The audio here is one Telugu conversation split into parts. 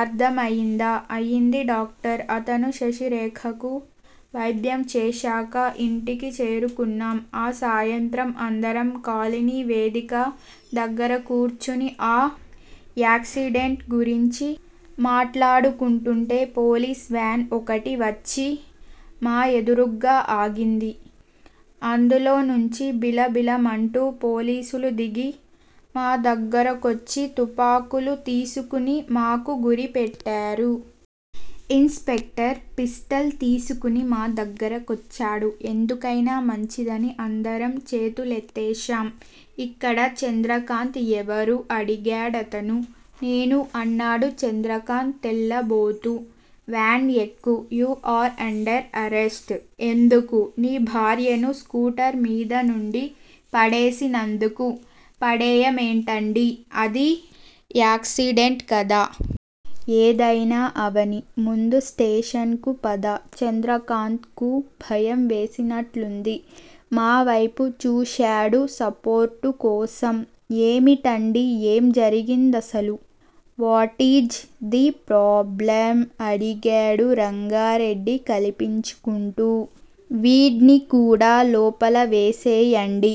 అర్ధమయిందా? అయింది డాక్టర్! అతను శశిరేఖకు వైద్యం చేశాక ఇంటికి చేరుకున్నాం. ఆ సాయంత్రం అందరం కాలనీ వేదిక దగ్గర కూర్చుని ఆ యాక్సిడెంట్ గురించి మాట్లాడుకుంటుంటే పోలీస్ వాన్ ఒకటి వచ్చి మా ఎదురుగ్గా ఆగింది. అందులో నుంచి బిలబిలమంటూ పోలీసులు దిగి మా దగ్గరకొచ్చి తుపాకులు తీసుకుని మాకు గురిపెట్టారు. ఇన్ స్పెక్టర్ పిస్టల్ తీసుకుని మా దగ్గరకొచ్చాడు. ఎందుకైనా మంచిదని అందరం చేతులెత్తేశాం. ఇక్కడ చంద్రకాంత్ ఎవరు? అడిగాడతను. నేను అన్నాడు చంద్రకాంత్ తెల్లబోతూ. వాన్ ఎక్కు! You are under arrest. ఎందుకూ? నీ భార్యను స్కూటర్ మీద నుండి పడేసినందుకు? పడేయమేంటండీ? అది యాక్సిడెంట్ కదా? ఏదైనా అవనీ. ముందు స్టేషన్ కు పద. చంద్రకాంత్ కు భయం వేసినట్లుంది. మావైపు చూశాడు సపోర్టు కోసం. ఏమిటండీ? ఏం జరిగిందసలు? వాటీజ్ ది ప్రాబ్లమ్ అడిగాడు రంగారెడ్డి కల్పించుకుంటూ. వీడ్ని కూడా లోపల వేసేయండి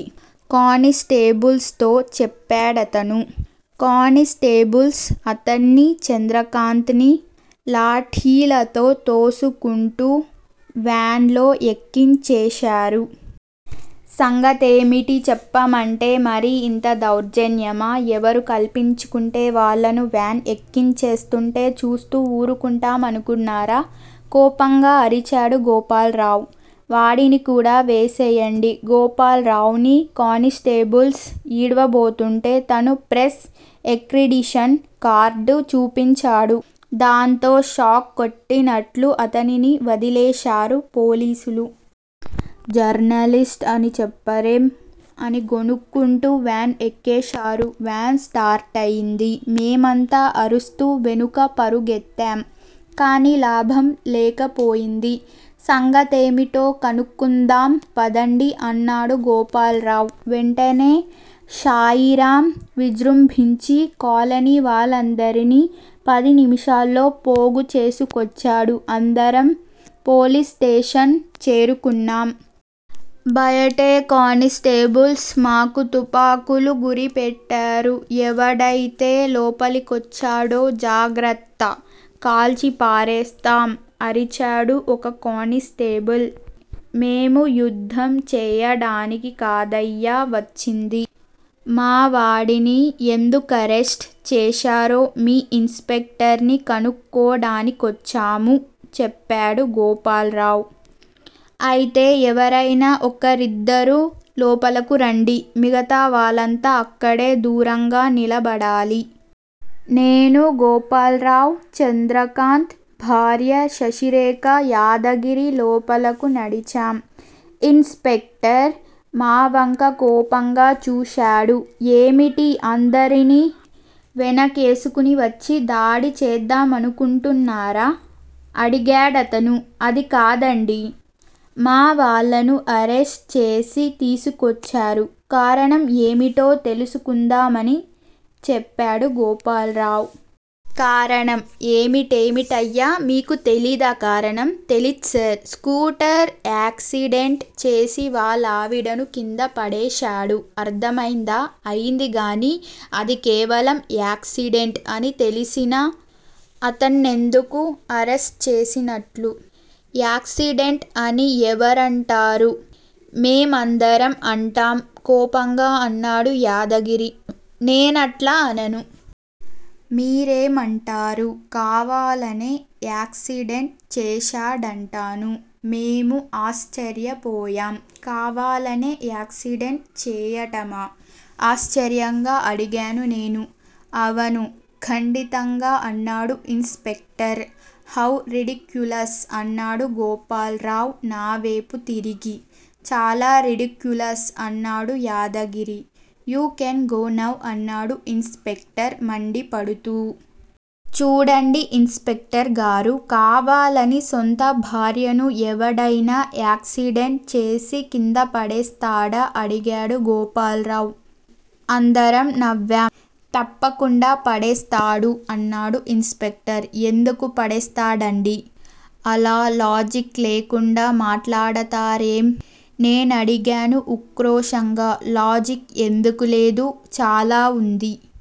కానిస్టేబుల్స్ తో చెప్పాడతను. కానిస్టేబుల్స్ అతన్నీ, చంద్రకాంత్ నీ లాఠీలతో తోసుకుంటూ వ్యాన్ లో ఎక్కించేశారు. సంగతేమిటి చెప్పమంటే మరీ ఇంత దౌర్జన్యమా? ఎవరు కల్పించుకుంటే వాళ్ళను వాన్ ఎక్కించేస్తుంటే చూస్తూ ఊరుకుంటామనుకున్నారా? కోపంగా అరిచాడు గోపాల్రావ్. వాడిని కూడా వేసెయ్యండి గోపాల్రావ్ ని కానిస్టేబుల్స్ ఈడ్వబోతుంటే తన ప్రెస్ ఎక్రిడిషన్ కార్డ్ చూపించాడు. దాంతో షాక్ కొట్టినట్లు అతనిని వదిలేశారు పోలీసులు. జర్నలిస్ట్ అని చెప్పరేం? అని గొణుక్కుంటూ వాన్ ఎక్కేశారు. వాన్ స్టార్టయింది. మేమంతా అరుస్తూ వెనుక పరుగెత్తాం కానీ లాభం లేకపోయింది. సంగతేమిటో కనుక్కుందాం పదండి అన్నాడు గోపాల్రావ్. వెంటనే శాయిరామ్ విజృంభించి కాలనీ వాళ్ళందరినీ పది నిముషాల్లో పోగు చేసుకొచ్చాడు. అందరం పోలీస్ స్టేషన్ చేరుకున్నాం. బయటే కానిస్టేబుల్స్ మాకు తుపాకులు గురిపెట్టారు. ఎవడైతే లోపలికొచ్చాడో జాగ్రత్థ కాల్చిపారేస్తాం అరిచాడు ఒక కానిస్టేబుల్. మేము యుద్ధం చెయ్యడానికి కాదయ్యా వచ్చింది. మావాడిని ఎందుకరెస్ట్ చేశారో మీ ఇన్ స్పెక్టర్ ని కనుక్కోడానికొచ్చాము చెప్పాడు గోపాల్రావ్. అయితే ఎవరైనా ఒకరిద్దరు లోపలకు రండి. మిగతా వాళ్ళంతా అక్కడే దూరంగా నిలబడాలి. నేనూ, గోపాల్రావ్, చంద్రకాంత్ భార్య శశిరేఖ, యాదగిరి లోపలకు నడిచాం. ఇన్ స్పెక్టర్ మావంక కోపంగా చూశాడు. ఏమిటి, అందరినీ వేనకేసుకుని వచ్చి దాడి చేద్దామనుకుంటున్నారా? అడిగాడతను. అది కాదండి. మా వాళ్ళను అరెస్ట్ చేసి తీసుకొచ్చారు. కారణం ఏమిటో తెలుసు కుందామని చెప్పాడు గోపాల్రావ్. కారణం ఏమిటేమిటయ్యా! మీకు తెలీదా కారణం? తెలీద్సార్! స్కూటర్ యాక్సిడెంట్ చేసి వాళ్ళావిడను కింద పడేశాడు. అర్ధమైందా. అయింది గాని అది కేవలం యాక్సిడెంట్ అని తెలిసినా అతన్నెందుకు అరెస్ట్ చేసినట్లు? యాక్సిడెంట్ అని ఎవరంటారు? మేమందరం అంటాం కోపంగా అన్నాడు యాదగిరి. నేనట్లా అనను. మీరేమంటారు? కావాలనే యాక్సిడెంట్ చేశాడంటాను మేము ఆశ్చర్యపోయాం. కావాలనే యాక్సిడెంట్ చేయటమా? ఆశ్చర్యంగా అడిగాను నేను. అవను ఖండితంగా అన్నాడు ఇన్ స్పెక్టర్. How ridiculous? అన్నాడు గోపాల్రావ్ నావేపు తిరిగి. చాలా రిడిక్యులస్? అన్నాడు Yadagiri. You can go now అన్నాడు ఇన్ స్పెక్టర్ మండిపడుతూ. చూడండి ఇన్ స్పెక్టర్ గారూ! కావాలని సొంత భార్యను ఎవడైనా యాక్సిడెంట్ చేసి కిందపడేస్తాడా అడిగాడు గోపాల్రావ్. అందరం నవ్వాం. తప్పకుండా పడేస్తాడు అన్నాడు ఇన్ స్పెక్టర్. ఎందుకు పడేస్తాడండీ? అలా లాజిక్ లేకుండా మాట్లాడతారేం? నేనడిగాను ఉక్రోషంగా. లాజిక్ ఎందుకు లేదు? చాలా వుంది.